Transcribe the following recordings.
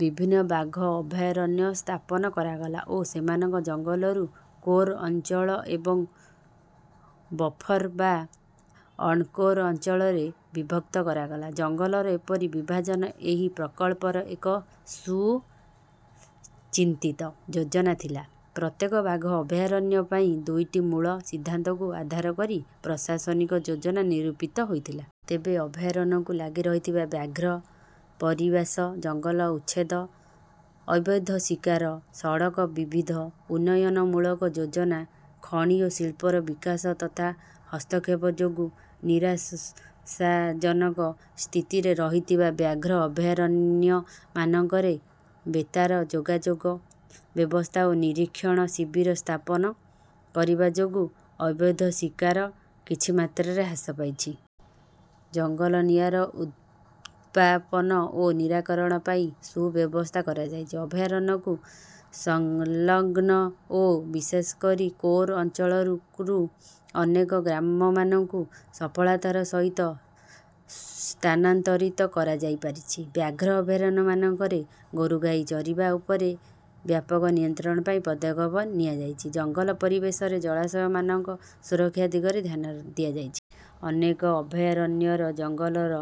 ବିଭିନ୍ନ ବାଘ ଅଭୟାରଣ୍ୟ ସ୍ଥାପନ କରାଗଲା ଓ ସେମାନଙ୍କ ଜଙ୍ଗଲକୁ କୋର୍ ଅଞ୍ଛଳ ଏବଂ ବଫର୍ ବା ଅଣକୋର୍ ଅଞ୍ଚଳରେ ବିଭକ୍ତ କରାଗଲା। ଜଙ୍ଗଲର ଏପରି ବିଭାଜନ ଏହି ପ୍ରକଳ୍ପର ଏକ ସୁଚିନ୍ତିତ ଯୋଜନା ଥିଲା। ପ୍ରତ୍ୟେକ ବାଘ ଅଭୟାରଣ୍ୟ ପାଇଁ ଦୁଇଟି ମୂଳ ସିଦ୍ଧାନ୍ତକୁ ଆଧାର କରି ପ୍ରଶାସନିକ ଯୋଜନା ନିରୂପିତ ହୋଇଥିଲା। ତେବେ ଅଭୟାରଣ୍ୟକୁ ଲାଗି ରହିଥିବା ବ୍ୟାଘ୍ର ପରିବାସ ଜଙ୍ଗଲ ଉଚ୍ଛେଦ, ଅବୈଧ ଶିକାର, ସଡ଼କ, ବିବିଧ ଉନ୍ନୟନମୂଳକ ଯୋଜନା, ଖଣି ଓ ଶିଳ୍ପର ବିକାଶ ତଥା ହସ୍ତକ୍ଷେପ ଯୋଗୁଁ ନିରାଶାଜନକ ସ୍ଥିତିରେ ରହିଥିଲା। ବ୍ୟାଘ୍ର ଅଭୟାରଣ୍ୟମାନଙ୍କରେ ବେତାର ଯୋଗାଯୋଗ ବ୍ୟବସ୍ଥା ଓ ନିରୀକ୍ଷଣ ଶିବିର ସ୍ଥାପନ କରିବା ଯୋଗୁଁ ଅବୈଧ ଶିକାର କିଛି ମାତ୍ରାରେ ହ୍ରାସ ପାଇଛି। ଜଙ୍ଗଲ ନିଆଁର ନିର୍ବାପନ ଓ ନିରାକରଣ ପାଇଁ ସୁବ୍ୟବସ୍ଥା କରାଯାଇଛି। ଅଭୟାରଣ୍ୟକୁ ସଂଲଗ୍ନ ଓ ବିଶେଷ କରି କୋର୍ ଅଞ୍ଚଳରୁ ଅନେକ ଗ୍ରାମମାନଙ୍କୁ ସଫଳତାର ସହିତ ସ୍ଥାନାନ୍ତରିତ କରାଯାଇପାରିଛି। ବ୍ୟାଘ୍ର ଅଭୟାରଣ୍ୟମାନଙ୍କରେ ଗୋରୁଗାଈ ଚରିବା ଉପରେ ବ୍ୟାପକ ନିୟନ୍ତ୍ରଣ ପାଇଁ ପଦକ୍ଷେପ ନିଆଯାଇଛି। ଜଙ୍ଗଲ ପରିବେଶରେ ଜଳାଶୟମାନଙ୍କ ସୁରକ୍ଷା ଦିଗରେ ଧ୍ୟାନ ଦିଆଯାଉଛି। ଅନେକ ଅଭୟାରଣ୍ୟର ଜଙ୍ଗଲର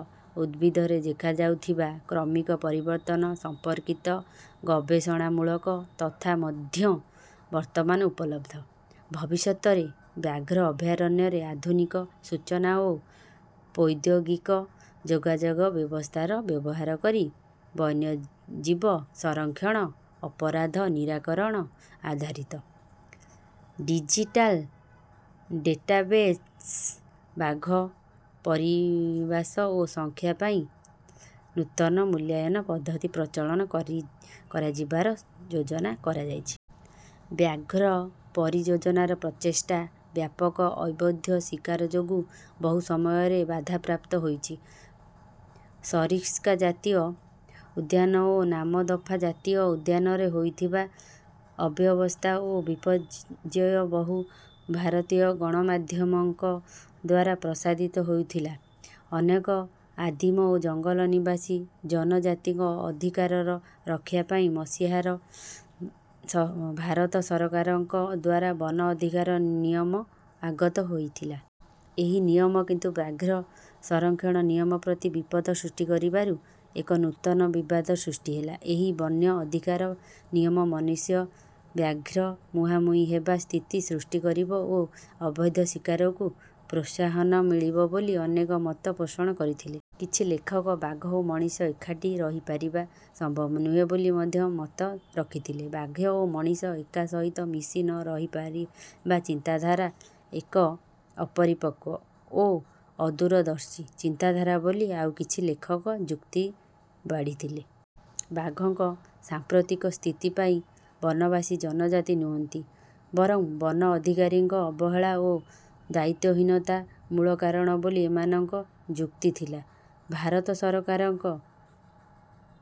ଉଦ୍ଭିଦରେ ଦେଖାଯାଉଥିବା କ୍ରମିକ ପରିବର୍ତ୍ତନ ସମ୍ପର୍କିତ ଗବେଷଣାମୂଳକ ତଥ୍ୟ ମଧ୍ୟ ବର୍ତ୍ତମାନ ଉପଲବ୍ଧ। ଭବିଷ୍ୟତରେ ବ୍ୟାଘ୍ର ଅଭୟାରଣ୍ୟରେ ଆଧୁନିକ ସୂଚନା ଓ ପ୍ରୌଦ୍ୟୋଗିକ ଯୋଗାଯୋଗ ବ୍ୟବସ୍ଥାର ବ୍ୟବହାର କରି ବନ୍ୟଜୀବ ସଂରକ୍ଷଣ, ଅପରାଧ ନିରାକରଣ, ଆଧାରିତ ଡିଜିଟାଲ୍ ଡେଟାବେସ୍, ବାଘ ପରିବାସ ଓ ସଂଖ୍ୟା ପାଇଁ ନୂତନ ମୂଲ୍ୟାୟନ ପଦ୍ଧତି ପ୍ରଚଳନ କରାଯିବାର ଯୋଜନା କରାଯାଉଛି। ବ୍ୟାଘ୍ର ପରିଯୋଜନାର ପ୍ରଚେଷ୍ଟା ବ୍ୟାପକ ଅବୈଧ ଶିକାର ଯୋଗୁଁ ବହୁ ସମୟରେ ବାଧାପ୍ରାପ୍ତ ହୋଇଛି। ସରିସ୍କା ଜାତୀୟ ଉଦ୍ୟାନ ଓ ନାମଦଫା ଜାତୀୟ ଉଦ୍ୟାନରେ ହୋଇଥିବା ଅବ୍ୟବସ୍ଥା ଓ ବିପର୍ଯ୍ୟୟ ବହୁ ଭାରତୀୟ ଗଣମାଧ୍ୟମଙ୍କ ଦ୍ୱାରା ପ୍ରସାରିତ ହୋଇଥିଲା। ଅନେକ ଆଦିମ ଓ ଜଙ୍ଗଲ ନିବାସୀ ଜନଜାତିଙ୍କ ଅଧିକାରର ରକ୍ଷା ପାଇଁ ମସିହାରେ ଭାରତ ସରକାରଙ୍କ ଦ୍ୱାରା ବନ ଅଧିକାର ନିୟମ ଆଗତ ହୋଇଥିଲା। ଏହି ନିୟମ କିନ୍ତୁ ବ୍ୟାଘ୍ର ସଂରକ୍ଷଣ ନିୟମ ପ୍ରତି ବିପଦ ସୃଷ୍ଟି କରିବାରୁ ଏକ ନୂତନ ବିବାଦ ସୃଷ୍ଟି ହେଲା। ଏହି ବନ ଅଧିକାର ନିୟମ ମନୁଷ୍ୟ-ବାଘ ମୁହାଁମୁହିଁ ହେବା ସ୍ଥିତି ସୃଷ୍ଟି କରିବ ଓ ଅବୈଧ ଶିକାରକୁ ପ୍ରୋତ୍ସାହନ ମିଳିବ ବୋଲି ଅନେକ ମତ ପୋଷଣ କରିଥିଲେ। କିଛି ଲେଖକ ବାଘ ଓ ମଣିଷ ଏକାଠି ରହିପାରିବା ସମ୍ଭବ ନୁହେଁ ବୋଲି ମଧ୍ୟ ମତ ରଖିଥିଲେ। ବାଘ ଓ ମଣିଷ ଏକା ସହିତ ମିଶି ନ ରହିପାରିବା ଚିନ୍ତାଧାରା ଏକ ଅପରିପକ୍ୱ ଓ ଅଦୂରଦର୍ଶୀ ଚିନ୍ତାଧାରା ବୋଲି ଆଉ କିଛି ଲେଖକ ଯୁକ୍ତି ବାଢ଼ିଥିଲେ। ବାଘଙ୍କ ସାମ୍ପ୍ରତିକ ସ୍ଥିତି ପାଇଁ ବନବାସୀ ଜନଜାତି ନୁହନ୍ତି, ବରଂ ବନ ଅଧିକାରୀଙ୍କ ଅବହେଳା ଓ ଦାୟିତ୍ୱହୀନତା ମୂଳ କାରଣ ବୋଲି ଏମାନଙ୍କ ଯୁକ୍ତି ଥିଲା। ଭାରତ ସରକାରଙ୍କ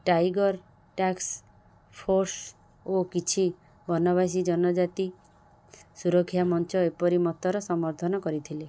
"ଟାଇଗର୍ ଟାସ୍କ ଫୋର୍ସ୍" ଓ କିଛି ବନବାସୀ ଜନଜାତି ସୁରକ୍ଷା ମଞ୍ଚ ଏପରି ମତର ସମର୍ଥନ କରିଥିଲେ।